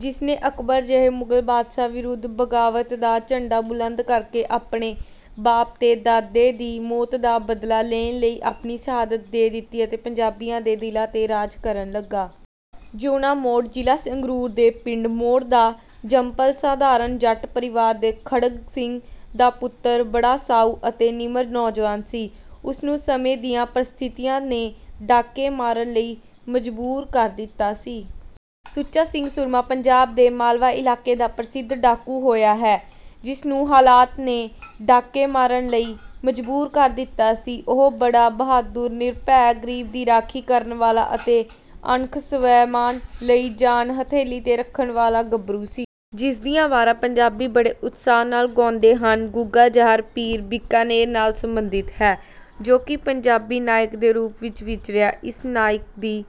ਜਿਸ ਨੇ ਅਕਬਰ ਜਿਹੇ ਮੁਗਲ ਬਾਦਸ਼ਾਹ ਵਿਰੁੱਧ ਬਗਾਵਤ ਦਾ ਝੰਡਾ ਬੁਲੰਦ ਕਰਕੇ ਆਪਣੇ ਬਾਪ ਤੇ ਦਾਦੇ ਦੀ ਮੌਤ ਦਾ ਬਦਲਾ ਲੇਣ ਲਈ ਆਪਣੀ ਸ਼ਹਾਦਤ ਦੇ ਦਿੱਤੀ ਅਤੇ ਪੰਜਾਬੀਆਂ ਦੇ ਦਿਲਾਂ ਤੇ ਰਾਜ ਕਰਨ ਲੱਗਾ। ਜੀਊਣਾ ਮੋੜ ਜ਼ਿਲ੍ਹਾ ਸੰਗਰੂਰ ਦੇ ਪਿੰਡ ਮੋੜ ਦਾ ਜੰਮਪਲ ਸਾਧਾਰਨ ਜੱਟ ਪਰਿਵਾਰ ਦੇ ਖੜਗ ਸਿੰਘ ਦਾ ਪੁੱਤਰ ਬੜਾ ਸਾਊ ਅਤੇ ਨਿਮਰ ਨੌਜਵਾਨ ਸੀ। ਉਸ ਨੂੰ ਸਮੇਂ ਦੀਆਂ ਪਰਿਸਥਿਤੀਆਂ ਨੇ ਡਾਕੇ ਮਾਰਨ ਲਈ ਮਜਬੂਰ ਕਰ ਦਿੱਤਾ ਸੀ। ਸੁੱਚਾ ਸਿੰਘ ਸੂਰਮਾ ਪੰਜਾਬ ਦੇ ਮਾਲਵਾ ਇਲਾਕੇ ਦਾ ਪ੍ਰਸਿੱਧ ਡਾਕੂ ਹੋਇਆ ਹੈ। ਜਿਸ ਨੂੰ ਹਾਲਾਤ ਨੇ ਡਾਕੇ ਮਾਰਨ ਲਈ ਮਜਬੂਰ ਕਰ ਦਿੱਤਾ ਸੀ। ਉਹ ਬੜਾ ਬਹਾਦੁਰ, ਨਿਰਭੈ, ਗਰੀਬ ਦੀ ਰਾਖੀ ਕਰਨ ਵਾਲਾ ਅਤੇ ਅਣਖ ਸਵੈਮਾਨ ਲਈ ਜਾਨ ਹਥੇਲੀ ਤੇ ਰੱਖਣ ਵਾਲਾ ਗੱਭਰੂ ਸੀ। ਜਿਸ ਦੀਆਂ ਵਾਰਾਂ ਪੰਜਾਬੀ ਬੜੇ ਉਤਸ਼ਾਹ ਨਾਲ ਗਾਉਂਦੇ ਹਨ। ਗੁੱਗਾ ਜ਼ਾਹਰ ਪੀਰ ਬੀਕਾਨੇਰ ਨਾਲ ਸੰਬੰਧਿਤ ਹੈ। ਜੋ ਕਿ ਪੰਜਾਬੀ ਨਾਇਕ ਦੇ ਰੂਪ ਵਿੱਚ ਵਿਚਰਿਆ। ਇਸ ਨਾਇਕ ਦੀ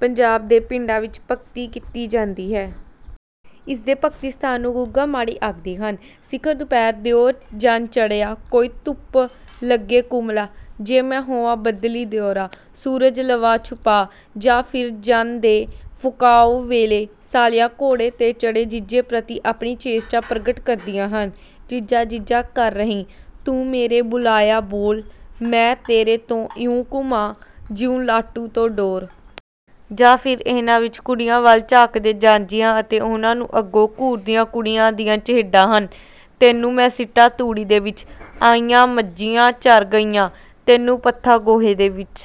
ਪੰਜਾਬ ਦੇ ਪਿੰਡਾਂ ਵਿੱਚ ਭਗਤੀ ਕੀਤੀ ਜਾਂਦੀ ਹੈ। ਇਸ ਦੇ ਭਗਤੀ ਸਥਾਨ ਨੂੰ ਗੁੱਗਾ ਮਾੜੀ ਆਖਦੇ ਹਨ। ਸਿਖਰ ਦੁਪਹਿਰ ਦਿਉਰ ਜਣ ਚੜ੍ਹਿਆ, ਕੋਈ ਧੁੱਪ ਲੱਗੇ ਕੁਮਲਾ, ਜੇ ਮੈਂ ਹੋਵਾਂ ਬੱਦਲੀ ਦਿਉਰਾ, ਸੂਰਜ ਲਵਾਂ ਛੁਪਾ। ਜਾਂ ਫਿਰ ਜਣ ਦੇ ਫੁਕਾਓ ਵੇਲੇ ਸਾਲੀਆਂ ਘੋੜੇ ਤੇ ਚੜ੍ਹੇ ਜੀਜੇ ਪ੍ਰਤੀ ਆਪਣੀ ਚੇਸ਼ਟਾ ਪ੍ਰਗਟ ਕਰਦੀਆਂ ਹਨ – ਜੀਜਾ ਜੀਜਾ ਕਰ ਰਹੀ, ਤੂੰ ਮੇਰੇ ਬੁਲਾਇਆਂ ਬੋਲ, ਮੈਂ ਤੇਰੇ ਤੋਂ ਇਉਂ ਘੁੰਮਾਂ, ਜਿਉਂ ਲਾਟੂ ਤੋਂ ਡੋਰ। ਜਾਂ ਫਿਰ ਇਹਨਾਂ ਵਿੱਚ ਕੁੜੀਆਂ ਵੱਲ ਝਾਕਦੇ ਜਾਂਞੀਆਂ ਅਤੇ ਉਨ੍ਹਾਂ ਨੂੰ ਅੱਗੋਂ ਘੂਰਦੀਆਂ ਕੁੜੀਆਂ ਦੀਆਂ ਚਹੇਡਾਂ ਹਨ – ਤੈਨੂੰ ਮੈਂ ਸਿੱਟਾ ਤੂੜੀ ਦੇ ਵਿੱਚ, ਆਈਆਂ ਮੱਝੀਆਂ ਚਰ ਗਈਆਂ, ਤੈਨੂੰ ਪੱਥਾਂ ਗੋਹੇ ਦੇ ਵਿੱਚ।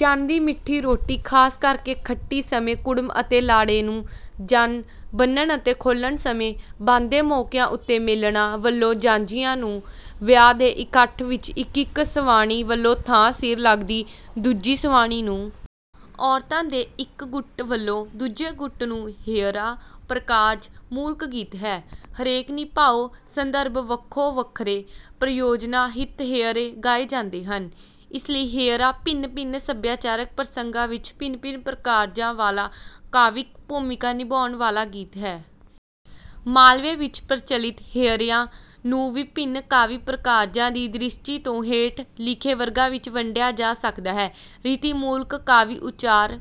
ਜਣ ਦੀ ਮਿੱਠੀ ਰੋਟੀ ਖ਼ਾਸ ਕਰ ਕੇ ਖੱਟੀ ਸਮੇਂ ਕੁੜਮ ਅਤੇ ਲਾੜੇ ਨੂੰ। ਜਣ ਬੰਨ੍ਹਣ ਅਤੇ ਖੋਲ੍ਹਣ ਸਮੇਂ। ਬਣਦੇ ਮੌਕਿਆਂ ਉੱਤੇ ਮੇਲਣਾਂ ਵੱਲੋਂ ਜਾਂਞੀਆਂ ਨੂੰ। ਵਿਆਹ ਦੇ ਇਕੱਠ ਵਿੱਚ ਇੱਕ ਇੱਕ ਸਵਾਣੀ ਵੱਲੋਂ ਥਾਂ ਸਿਰ ਲੱਗਦੀ ਦੂਜੀ ਸਵਾਣੀ ਨੂੰ। ਔਰਤਾਂ ਦੇ ਇੱਕ ਗੁੱਟ ਵੱਲੋਂ ਦੂਜੇ ਗੁੱਟ ਨੂੰ। ਹੇਅਰਾ, ਪ੍ਰਕਾਰਜ ਮੂਲਕ ਗੀਤ ਹੈ। ਹਰੇਕ ਨਿਭਾਊ ਸੰਦਰਭ ਵੱਖੋ-ਵੱਖਰੇ ਪ੍ਰਯੋਜਨਾਂ ਹਿਤ ਹੇਅਰੇ ਗਾਏ ਜਾਂਦੇ ਹਨ। ਇਸ ਲਈ ਹੇਅਰਾ ਭਿੰਨ-ਭਿੰਨ ਸਭਿਆਚਾਰਕ ਪ੍ਰਸੰਗਾਂ ਵਿੱਚ ਭਿੰਨ-ਭਿੰਨ ਪ੍ਰਕਾਰਜਾਂ ਵਾਲਾ ਕਾਵਿਕ ਭੂਮਿਕਾ ਨਿਭਾਉਣ ਵਾਲਾ ਗੀਤ ਹੈ। ਮਾਲਵੇ ਵਿੱਚ ਪ੍ਰਚਲਿਤ ਹੇਅਰਿਆਂ ਨੂੰ ਵਿਭਿੰਨ ਕਾਵਿ ਪ੍ਰਕਾਰਜਾਂ ਦੀ ਦ੍ਰਿਸ਼ਟੀ ਤੋਂ ਹੇਠ ਲਿਖੇ ਵਰਗਾਂ ਵਿੱਚ ਵੰਡਿਆ ਜਾ ਸਕਦਾ ਹੈ: ਰੀਤੀ ਮੂਲਕ ਕਾਵਿ-ਉਚਾਰ